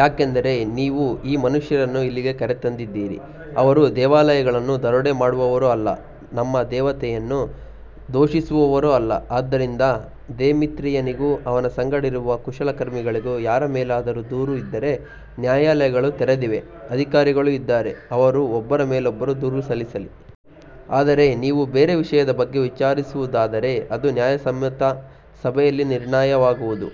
ಯಾಕಂದರೆ ನೀವು ಈ ಮನುಷ್ಯರನ್ನು ಇಲ್ಲಿಗೆ ಕರೆತಂದಿದ್ದೀರಿ, ಅವರು ದೇವಾಲಯಗಳನ್ನು ದರೋಡೆ ಮಾಡುವವರೂ ಅಲ್ಲ, ನಿಮ್ಮ ದೇವತೆಯನ್ನು ದೂಷಿಸುವವರೂ ಅಲ್ಲ. ಆದ್ದರಿಂದ ದೇಮೇತ್ರಿಯನಿಗೂ ಅವನ ಸಂಗಡ ಇರುವ ಕುಶಲಕರ್ಮಿಗಳಿಗೂ ಯಾರ ಮೇಲಾದರೂ ದೂರು ಇದ್ದರೆ ನ್ಯಾಯಾಲಯಗಳು ತೆರೆದಿವೆ, ಅಧಿಕಾರಿಗಳೂ ಇದ್ದಾರೆ, ಅವರು ಒಬ್ಬರ ಮೇಲೊಬ್ಬರು ದೂರು ಸಲ್ಲಿಸಲಿ. ಆದರೆ ನೀವು ಬೇರೆ ವಿಷಯದ ಬಗ್ಗೆ ವಿಚಾರಿಸುವುದಾದರೆ ಅದು ನ್ಯಾಯಸಮ್ಮತ ಸಭೆಯಲ್ಲಿ ನಿರ್ಣಯವಾಗುವುದು.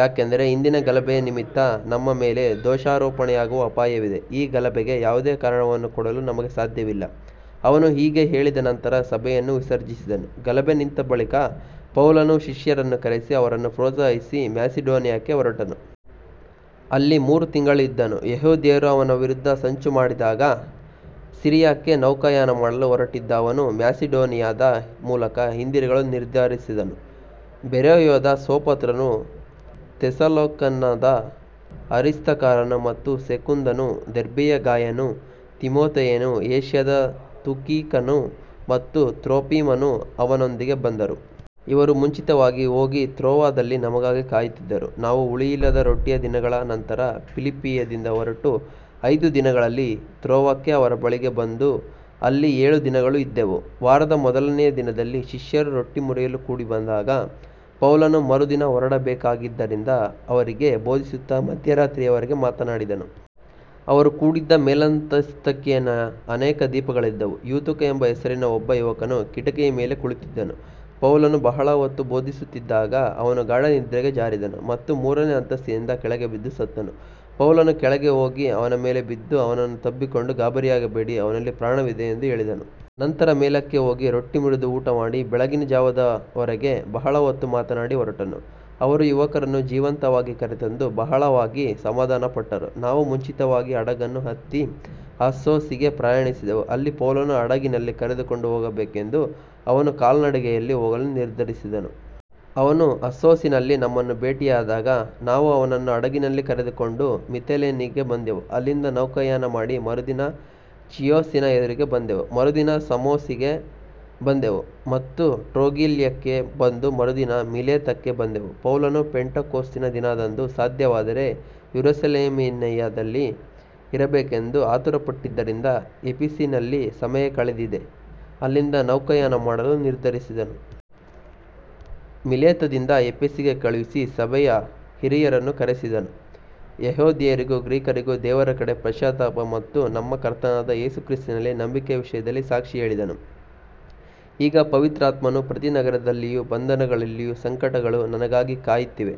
ಯಾಕಂದರೆ ಇಂದಿನ ಗಲಭೆಯ ನಿಮಿತ್ತ ನಮ್ಮ ಮೇಲೆ ದೋಷಾರೋಪಣೆಯಾಗುವ ಅಪಾಯವಿದೆ, ಈ ಗಲಭೆಗೆ ಯಾವುದೇ ಕಾರಣವನ್ನು ಕೊಡಲು ನಮಗೆ ಸಾಧ್ಯವಿಲ್ಲ. ಅವನು ಹೀಗೆ ಹೇಳಿದ ನಂತರ ಸಭೆಯನ್ನು ವಿಸರ್ಜಿಸಿದನು. ಗಲಭೆ ನಿಂತ ಬಳಿಕ ಪೌಲನು ಶಿಷ್ಯರನ್ನು ಕರೆಸಿ ಅವರನ್ನು ಪ್ರೋತ್ಸಾಹಿಸಿ ಮ್ಯಾಸಿಡೋನಿಯಕ್ಕೆ ಹೊರಟನು. ಅಲ್ಲಿ ಮೂರು ತಿಂಗಳು ಇದ್ದನು. ಯೆಹೂದ್ಯರು ಅವನ ವಿರುದ್ಧ ಸಂಚು ಮಾಡಿದಾಗ ಸಿರಿಯಾಕ್ಕೆ ನೌಕಾಯಾನ ಮಾಡಲು ಹೊರಟಿದ್ದ ಅವನು ಮ್ಯಾಸಿಡೋನಿಯಾದ ಮೂಲಕ ಹಿಂದಿರುಗಲು ನಿರ್ಧರಿಸಿದನು. ಬೆರೋಯದ ಸೋಪತ್ರನು, ಥೆಸಲೋನಿಕದ ಅರಿಸ್ತಾರ್ಕನು ಮತ್ತು ಸೆಕುಂದನು, ದೆರ್ಬೆಯ ಗಾಯನು, ತಿಮೊಥೆಯನು, ಏಷ್ಯಾದ ತುಕಿಕನು ಮತ್ತು ತ್ರೋಫಿಮನು ಅವನೊಂದಿಗೆ ಬಂದರು. ಇವರು ಮುಂಚಿತವಾಗಿ ಹೋಗಿ ತ್ರೋವದಲ್ಲಿ ನಮಗಾಗಿ ಕಾಯುತ್ತಿದ್ದರು. ನಾವು ಹುಳಿಯಿಲ್ಲದ ರೊಟ್ಟಿಯ ದಿನಗಳ ನಂತರ ಫಿಲಿಪ್ಪಿಯಿಂದ ಹೊರಟು ಐದು ದಿನಗಳಲ್ಲಿ ತ್ರೋವಕ್ಕೆ ಅವರ ಬಳಿಗೆ ಬಂದು ಅಲ್ಲಿ ಏಳು ದಿನಗಳು ಇದ್ದೆವು. ವಾರದ ಮೊದಲನೆಯ ದಿನದಲ್ಲಿ ಶಿಷ್ಯರು ರೊಟ್ಟಿ ಮುರಿಯಲು ಕೂಡಿಬಂದಾಗ ಪೌಲನು ಮರುದಿನ ಹೊರಡಬೇಕಾಗಿದ್ದರಿಂದ ಅವರಿಗೆ ಬೋಧಿಸುತ್ತಾ ಮಧ್ಯರಾತ್ರಿಯವರೆಗೆ ಮಾತಾಡಿದನು. ಅವರು ಕೂಡಿದ್ದ ಮೇಲಂತಸ್ತಿನಲ್ಲಿ ಅನೇಕ ದೀಪಗಳಿದ್ದವು. ಯೂತುಕ ಎಂಬ ಹೆಸರಿನ ಒಬ್ಬ ಯುವಕನು ಕಿಟಕಿಯ ಮೇಲೆ ಕುಳಿತಿದ್ದನು. ಪೌಲನು ಬಹಳ ಹೊತ್ತು ಬೋಧಿಸುತ್ತಿದ್ದಾಗ ಅವನು ಗಾಢ ನಿದ್ರೆಗೆ ಜಾರಿದನು ಮತ್ತು ಮೂರನೆಯ ಅಂತಸ್ತಿನಿಂದ ಕೆಳಗೆ ಬಿದ್ದು ಸತ್ತನು. ಪೌಲನು ಕೆಳಗೆ ಹೋಗಿ ಅವನ ಮೇಲೆ ಬಿದ್ದು ಅವನನ್ನು ತಬ್ಬಿಕೊಂಡು, ಗಾಬರಿಯಾಗಬೇಡಿರಿ, ಅವನಲ್ಲಿ ಪ್ರಾಣವಿದೆ ಎಂದು ಹೇಳಿದನು. ನಂತರ ಮೇಲಕ್ಕೆ ಹೋಗಿ ರೊಟ್ಟಿ ಮುರಿದು ಊಟಮಾಡಿ ಬೆಳಗಿನ ಜಾವದವರೆಗೆ ಬಹಳ ಹೊತ್ತು ಮಾತನಾಡಿ ಹೊರಟನು. ಅವರು ಯುವಕನನ್ನು ಜೀವಂತವಾಗಿ ಕರೆತಂದು ಬಹಳವಾಗಿ ಸಮಾಧಾನಪಟ್ಟರು. ನಾವು ಮುಂಚಿತವಾಗಿ ಹಡಗನ್ನು ಹತ್ತಿ ಅಸ್ಸೋಸಿಗೆ ಪ್ರಯಾಣಿಸಿದೆವು, ಅಲ್ಲಿ ಪೌಲನನ್ನು ಹಡಗಿನಲ್ಲಿ ಕರೆದುಕೊಂಡು ಹೋಗಬೇಕೆಂದು ಅವನು ಕಾಲ್ನಡಿಗೆಯಲ್ಲಿ ಹೋಗಲು ನಿರ್ಧರಿಸಿದ್ದನು. ಅವನು ಅಸ್ಸೋಸಿನಲ್ಲಿ ನಮ್ಮನ್ನು ಭೇಟಿಯಾದಾಗ ನಾವು ಅವನನ್ನು ಹಡಗಿನಲ್ಲಿ ಕರೆದುಕೊಂಡು ಮಿತಿಲೇನಿಗೆ ಬಂದೆವು. ಅಲ್ಲಿಂದ ನೌಕಾಯಾನ ಮಾಡಿ ಮರುದಿನ ಚಿಯೋಸಿನ ಎದುರಿಗೆ ಬಂದೆವು, ಮರುದಿನ ಸಮೋಸಿಗೆ ಬಂದೆವು ಮತ್ತು ಟ್ರೊಗಿಲ್ಯಕ್ಕೆ ಬಂದು ಮರುದಿನ ಮಿಲೇತಕ್ಕೆ ಬಂದೆವು. ಪೌಲನು ಪೆಂಟೆಕೋಸ್ತಿನ ದಿನದಂದು ಸಾಧ್ಯವಾದರೆ ಯೆರೂಸಲೇಮಿನಲ್ಲಿ ಇರಬೇಕೆಂದು ಆತುರಪಟ್ಟಿದ್ದರಿಂದ ಎಫೆಸಿನಲ್ಲಿ ಸಮಯ ಕಳೆಯದೆ ಅಲ್ಲಿಂದ ನೌಕಾಯಾನ ಮಾಡಲು ನಿರ್ಧರಿಸಿದನು. ಮಿಲೇತದಿಂದ ಎಫೆಸಿಗೆ ಕಳುಹಿಸಿ ಸಭೆಯ ಹಿರಿಯರನ್ನು ಕರೆಸಿದನು. ಯೆಹೂದ್ಯರಿಗೂ ಗ್ರೀಕರಿಗೂ ದೇವರ ಕಡೆಗೆ ಪಶ್ಚಾತ್ತಾಪ ಮತ್ತು ನಮ್ಮ ಕರ್ತನಾದ ಯೇಸು ಕ್ರಿಸ್ತನಲ್ಲಿ ನಂಬಿಕೆಯ ವಿಷಯದಲ್ಲಿ ಸಾಕ್ಷಿ ಹೇಳಿದೆನು. ಈಗ ಪವಿತ್ರಾತ್ಮನು ಪ್ರತಿ ನಗರದಲ್ಲಿಯೂ ಬಂಧನಗಳೂ ಸಂಕಟಗಳೂ ನನಗಾಗಿ ಕಾಯುತ್ತಿವೆ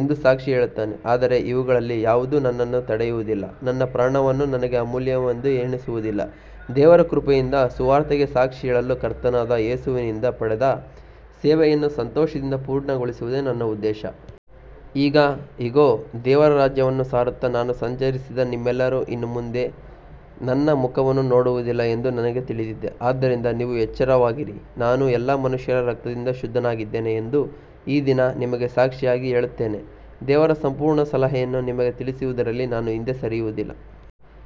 ಎಂದು ಸಾಕ್ಷಿ ಹೇಳುತ್ತಾನೆ. ಆದರೆ ಇವುಗಳಲ್ಲಿ ಯಾವುದೂ ನನ್ನನ್ನು ತಡೆಯುವುದಿಲ್ಲ, ನನ್ನ ಪ್ರಾಣವನ್ನೂ ನನಗೆ ಅಮೂಲ್ಯವೆಂದು ಎಣಿಸುವುದಿಲ್ಲ, ದೇವರ ಕೃಪೆಯ ಸುವಾರ್ತೆಗೆ ಸಾಕ್ಷಿ ಹೇಳಲು ಕರ್ತನಾದ ಯೇಸುವಿನಿಂದ ಪಡೆದ ಸೇವೆಯನ್ನು ಸಂತೋಷದಿಂದ ಪೂರ್ಣಗೊಳಿಸುವುದೇ ನನ್ನ ಉದ್ದೇಶ. ಈಗ ಇಗೋ, ದೇವರ ರಾಜ್ಯವನ್ನು ಸಾರುತ್ತಾ ನಾನು ಸಂಚರಿಸಿದ ನಿಮ್ಮೆಲ್ಲರೂ ಇನ್ನು ಮುಂದೆ ನನ್ನ ಮುಖವನ್ನು ನೋಡುವುದಿಲ್ಲ ಎಂದು ನನಗೆ ತಿಳಿದಿದೆ. ಆದ್ದರಿಂದ ನೀವು ಎಚ್ಚರವಾಗಿರಿ, ನಾನು ಎಲ್ಲಾ ಮನುಷ್ಯರ ರಕ್ತದಿಂದ ಶುದ್ಧನಾಗಿದ್ದೇನೆ ಎಂದು ಈ ದಿನ ನಿಮಗೆ ಸಾಕ್ಷಿಯಾಗಿ ಹೇಳುತ್ತೇನೆ. ದೇವರ ಸಂಪೂರ್ಣ ಸಲಹೆಯನ್ನು ನಿಮಗೆ ತಿಳಿಸುವುದರಲ್ಲಿ ನಾನು ಹಿಂದೆ ಸರಿಯಲಿಲ್ಲ.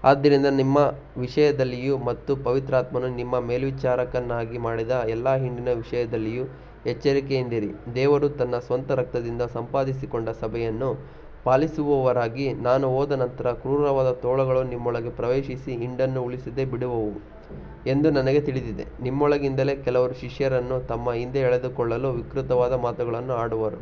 ಆದ್ದರಿಂದ ನಿಮ್ಮ ವಿಷಯದಲ್ಲಿಯೂ ಮತ್ತು ಪವಿತ್ರಾತ್ಮನು ನಿಮ್ಮನ್ನು ಮೇಲ್ವಿಚಾರಕರನ್ನಾಗಿ ಮಾಡಿದ ಎಲ್ಲಾ ಹಿಂಡಿನ ವಿಷಯದಲ್ಲಿಯೂ ಎಚ್ಚರಿಕೆಯಿಂದಿರಿ. ದೇವರು ತನ್ನ ಸ್ವಂತ ರಕ್ತದಿಂದ ಸಂಪಾದಿಸಿಕೊಂಡ ಸಭೆಯನ್ನು ಪಾಲಿಸುವವರಾಗಿರಿ. ನಾನು ಹೋದ ನಂತರ ಕ್ರೂರವಾದ ತೋಳಗಳು ನಿಮ್ಮೊಳಗೆ ಪ್ರವೇಶಿಸಿ ಹಿಂಡನ್ನು ಉಳಿಸದೆ ಬಿಡುವವು ಎಂದು ನನಗೆ ತಿಳಿದಿದೆ. ನಿಮ್ಮೊಳಗಿಂದಲೇ ಕೆಲವರು ಶಿಷ್ಯರನ್ನು ತಮ್ಮ ಹಿಂದೆ ಎಳೆದುಕೊಳ್ಳಲು ವಿಕೃತವಾದ ಮಾತುಗಳನ್ನು ಆಡುವರು.